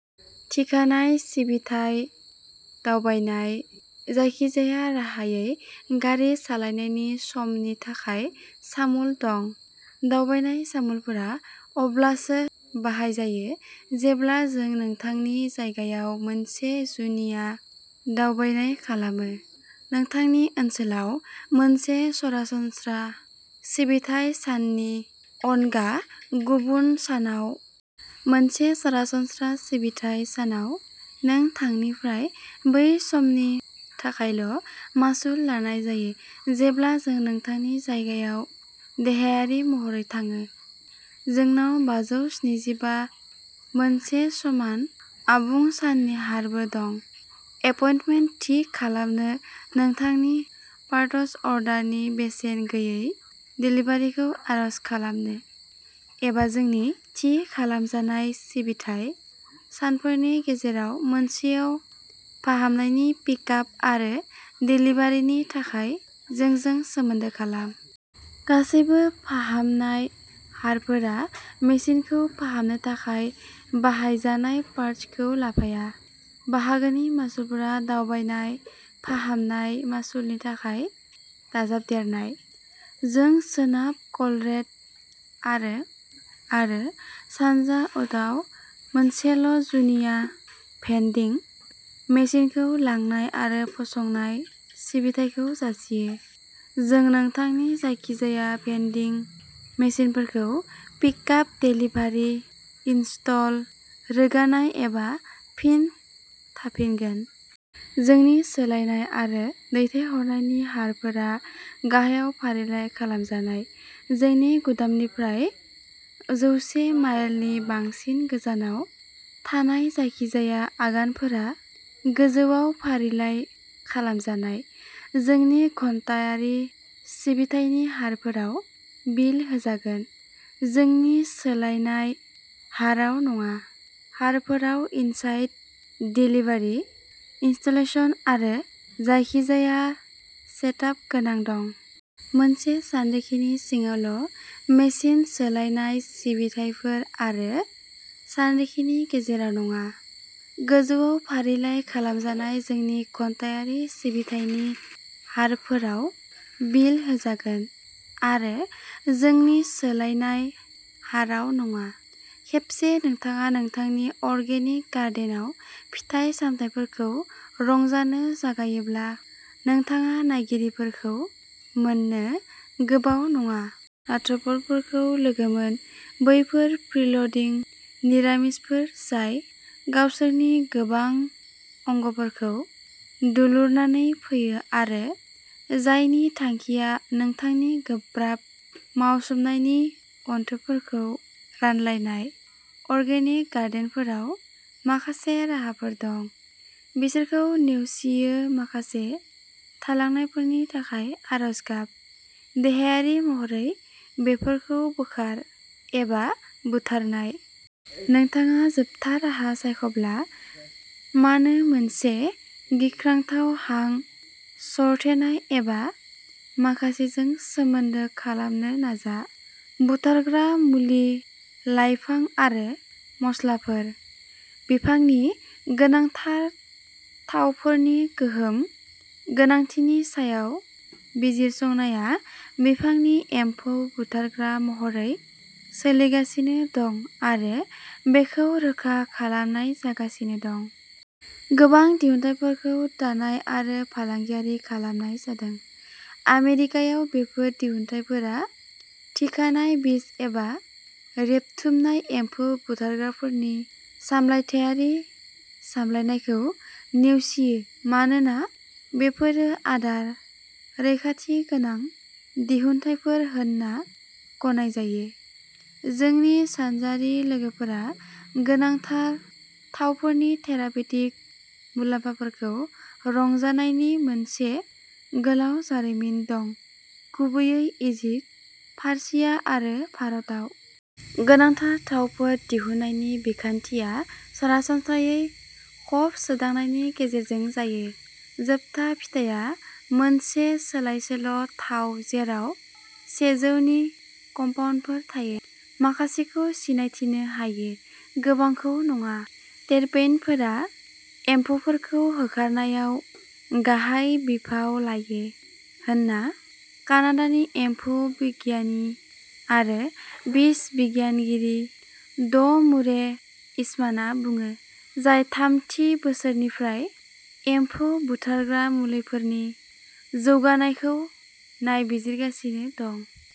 थिखानाय सिबिथाय दावबायनाय, जायखिजाया राहायै गारि सालायनायनि सम नि थाखाय मासुल दं। दावबायनाय मासुलफोरा अब्लासो बाहायजायो जेब्ला जों नोंथांनि जायगायाव मोनसे जुनिया दावबायनाय खालामो, नोंथांनि ओनसोलाव मोनसे सरासनस्रा सिबिथाइ साननि अनगा गुबुन सानाव मोनसे सरासनस्रा सिबिथाइ सानाव नों थांनिफ्राय बै समनि थाखायल' मासुल लानाय जायो, जेब्ला जों नोंथांनि जायगायाव देहायारि महरै थायो। जोंनाव बाजौ न्सिजिबा मोनसे समान, आबुं साननि हारबो दं। एपइन्टमेन्ट थि खालामनो, नोंथांनि पार्ट्स अर्डारनि बेसेन गैयै देलिभारिखौ आर'ज खालामनो, एबा जोंनि थि खालामजानाय सिबिथाइ सानफोरनि गेजेराव मोनसेआव फाहामनायनि पिकआप आरो देलिभारिनि थाखाय जोंजों सोमोन्दो खालाम। गासैबो फाहामनाय हारफोरा मेसिनखौ फाहामनो थाखाय बाहायजानाय पार्ट्सखौ लाफाया। बाहागोनि मासुलफोरा दावबायनाय फाहामनाय मासुलनि थाखाय दाजाबदेरनाय। जों सोनाब कलरेड आरो आरो सानजा उटाहआव मोनसेल' जुनिया भेन्डिं मेसिनखौ लांनाय आरो फसंनाय सिबिथाइखौ जासियो। जों नोंथांनो जायखिजाया भेन्डिं मेसिनफोरखौ पिकआप, देलिभारि, इनस्टल, रोगानाय, एबा फिन थाफिनगोन। जोंनि सोलायनाय आरो दैथायहरनायनि हारफोरा गाहायाव फारिलाइ खालामजानाय। जोंनि गुदामनिफ्राय जौसे माइलनि बांसिन गोजानाव थानाय जायखिजाया आगानफोरा गोजौआव फारिलाइ खालामजानाय। जोंनि घन्टाआरि सिबिथायनि हारफोराव बिल होजागोन, जोंनि सोलायनाय हारआव नङा। हारफोराव इनसाइड देलिभारि, इनस्टलेशन आरो जायखिजाया सेटआप गोनां दं। मोनसे सानरिखिनि सिङावल' मेसिन सोलायनाय सिबिथाइफोर, आरो सानरिखिनि गेजेराव नङा, गोजौआव फारिलाइ खालामजानाय जोंनि घन्टाआरि सिबिथायनि हारफोराव बिल होजागोन, आरो जोंनि सोलायनाय हाराव नङा। खेबसे नोंथाङा नोंथांनि अर्गेनिक गार्डेनआव फिथाइ सामथाइफोरखौ रंजानो जागायोब्ला, नोंथाङा नायगिरिफोरखौ मोन्नो गोबाव नङा। आर्थ्र'प'डफोरखौ लोगो मोन। बैफोर फ्रिल'डिं निरामिसफोर जाय गावसोरनि गोबां अंगफोरखौ दुलुरनानै फैयो आरो जायनि थांखिया नोंथांनि गोब्राब मावसोमनायनि अनथोबफोरखौ रानलायनाय। अर्गेनिक गार्डेनारफोरनाव माखासे राहाफोर दं। बिसोरखौ नेवसियो माखासे थालांनायफोरनि थाखाय आरज गाब। देहायारि महरै बेफोरखौ बोखार एबा बुथारनाय। नोंथाङा जोबथा राहा सायख'ब्ला, मानो मोनसे गिख्रंथाव हां सरथेनाय एबा माखासेजों सोमोन्दो खालामनो नाजा। बुथारग्रा मुलि लाइफां आरो मस्लाफोर। बिफांनि गोनांथार थावफोरनि गोहोम गोनांथिनि सायाव बिजिरसंनाया बिफांनि एम्फौ बुथारग्रा महरै सोलिगासिनो दं आरो बेखौ रोखा खालामनाय जागासिनो दं। गोबां दिहुनथायफोरखौ दानाय आरो फालांगियारि खालामनाय जादों। आमेरिकायाव, बेफोर दिहुनथायफोरा थिखानाय बिस एबा रेबथुमनाय एम्फौ बुथारग्राफोरनि सामलायथायारि सामलायनायखौ नेवसियो मानोना बेफोरो आदार रैखाथि गोनां दिहुनथायफोर होनना गनायजायो। जोंनि सानजाआरि लोगोफोरा गोनांथार थावफोरनि थेरापिउटिक मुलाम्फाखौ रंजानायनि मोनसे गोलाव जारिमिन दं, गुबैयै इजिप्ट, फारसिया आरो भारतआव। गोनांथार थावफोर दिहुननायनि बिखान्थिया सरासनस्रायै खफ सोदांनायनि गेजेरजों जायो। जोबथा फिथाया मोनसे सोलायसोल' थाव जेराव सेजौ नि कम्पाउन्डफोर थायो, माखासेखौ सिनायथिनो हायो, गोबांखौ नङा। टेरपेनइडफोरा एम्फौफोरखौ होखारनायाव गाहाय बिफाव लायो होनना कानाडानि एम्फौ बिगियान आरो बिस बिगियानगिरि ड मुरे इसमानआ बुङो, जाय थामजि बोसोरफोरनिफ्राय एम्फौ बुथारग्रा मुलिफोरनि जौगानायखौ नायबिजिरगासिनो दं।